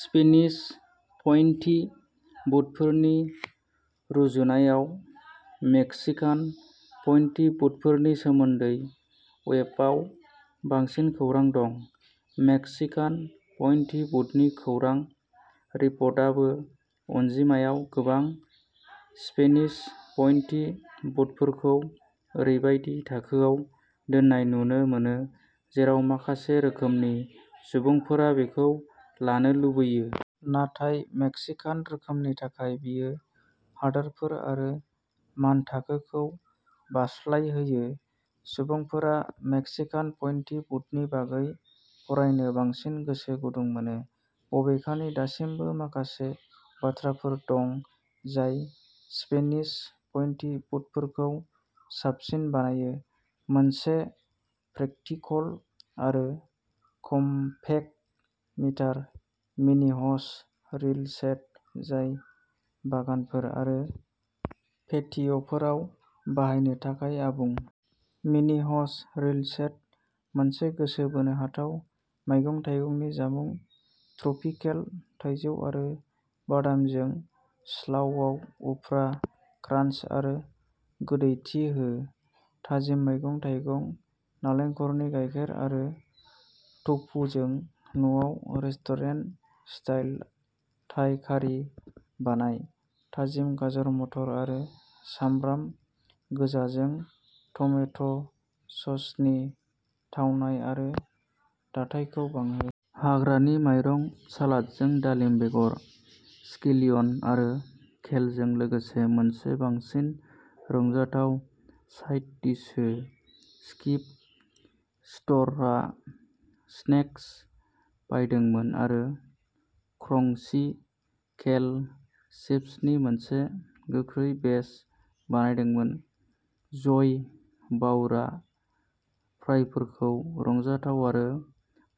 Spanish पइन्टि बुटफोरनि रुजुनायाव मेक्सिकान पइन्टि बुटफोरनि सोमोन्दै वेबआव बांसिन खौरां दं। मेक्सिकान पइन्टि बुटनि खौरां रिपर्टआबो अनजिमायाव गोबां। स्पेनिस पइन्टि बुटफोरखौ ओरैबायदि थाखोआव दोननाय नुनो मोनो जेराव माखासे रोखोमनि सुबुंफोरा बेखौ लानो लुबैयो। नाथाय मेक्सिकान रोखोमनि थाखाय बेयो हादोरफोर आरो मानथाखोखौ बारस्लायहोयो। सुबुंफोरा मेक्सिकान पइन्टि बुटनि बागै फरायनो बांसिन गोसो गुदुं मोनो। बबेखानि दासिमबो माखासे बाथ्राफोर दं जाय स्पेनिश पइन्टि बुटफोरखौ साबसिन बानायो। मोनसे प्रेकटिकल आरो कमपेक्ट मिटार मिनि ह'ज रिल सेट जाय बागानफोर आरो पेटिय'फोराव बाहायनो थाखाय आबुं। Mini hose reel set. मोनसे गोसो बोनो हाथाव मैगं-थाइगंनि जामुं। ट्रपिकेल थाइजौ आरो बादामजों स्लावआव उफ्रा क्रान्च आरो गोदैथि हो। थाजिम मैगं-थाइगं, नालेंखरनि गायखेर आरो टफुजों न'आव रेस्टुरेन्ट-स्टाइल थाइ कारि बानाय। थाजिम गाजर, मटर आरो सामब्राम गोजाजों टमेट'ससनि थावनाय आरो दाथायखौ बांहो। हाग्रानि माइरं सालादजों दालिम बेगर, स्केलियन आरो केलजों लोगोसे मोनसे बांसिन रंजाथाव साइड डिश हो। स्किप स्ट'रआ स्नेक्स बायदोंमोन आरो क्रंची केल चिप्सनि मोनसे गोख्रै बेच बानायदोंमोन। जय बाउरआ फ्राइफोरखौ रंजाथाव-आरो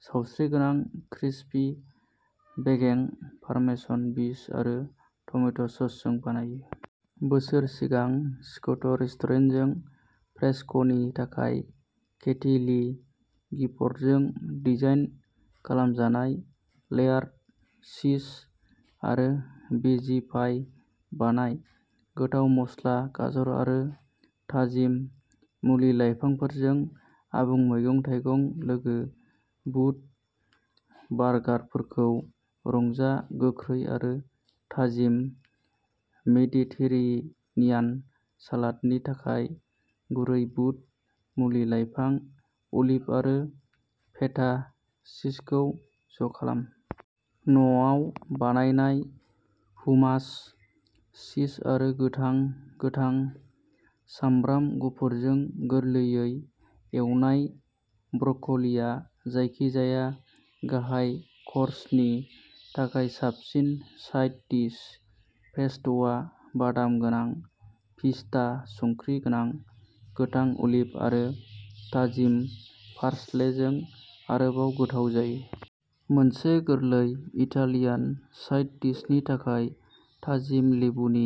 सावस्रिगोनां-क्रिस्पी बेगें, पार्मेसन चीज आरो टमेट'ससजों बानायो। बोसोर सिगां स्क'ट'रेस्टुरेन्टजों फ्रेस्क'नि थाखाय केथी ली गिफर्डजों डिजाइन खालामजानाय लेयार्ड चीज आरो भेजि पाइ बानाय। गोथाव मस्ला, गाजर आरो थाजिम मुलि-लाइफांफोरजों आबुं मैगं-थाइगं-लोगो बुद बार्गारफोरखौ रंजा। गोख्रै आरो थाजिम मेडिटेरेनियान सालादनि थाखाय गुरै बुद, मुलि-लाइफां, अलिभ आरो फेटा चीजखौ ज'खालाम। न'आव बानायनाय हुमास चीज आरो गोथां गोथां। सामब्राम गुफुरजों गोरलैयै एवनाय ब्रक'लीआ जायखिजाया गाहाय कर्सनि थाखाय साबसिन साइड डिश। पेस्ट'आ बादाम गोनां पिस्ता, संख्रि गोनां गोथां अलिभ आरो थाजिम पार्सलेजों आरोबाव गोथाव जायो। मोनसे गोरलै इटालियान साइड डिशनि थाखाय थाजिम लेबुनि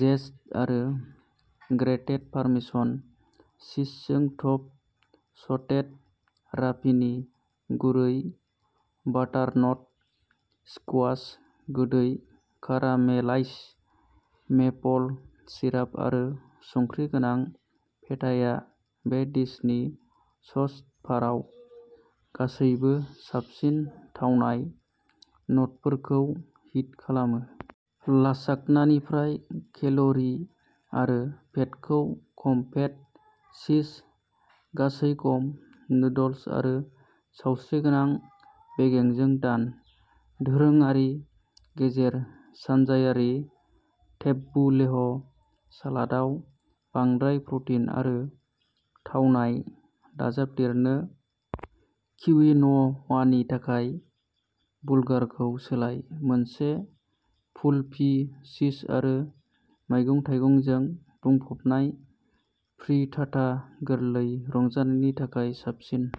जेस्ट आरो ग्रेटेड पार्मेसन चीजजों टप सटेड रापिनी। गुरै बाटारनट स्क्वाश, गोदै कारामेलाइज्ड मेपल सिराप आरो संख्रि गोनां फेटाया बे डिशनि श'स्टपाराव गासैबो साबसिन थावनाय न'टफोरखौ हिट खालामो। लासाग्नानिफ्राय केल'रि आरो फेटखौ खम-फेट चीज, गासै-गम नुडल्स आरो सावस्रिगोनां बेगेंजों दान। दोरोङारि गेजेर सानजायारि टेबबुलेह सालादआव बांद्राय प्र'टिन आरो थावनाय दाजाबदेरनो क्विन'वानि थाखाय बुलगारखौ सोलाय। मोनसे फुलफि, चीज-आरो मैगं-थाइगंजों बुंफबनाय फ्रिटाटा गोरलै रंजानायनि थाखाय साबसिन।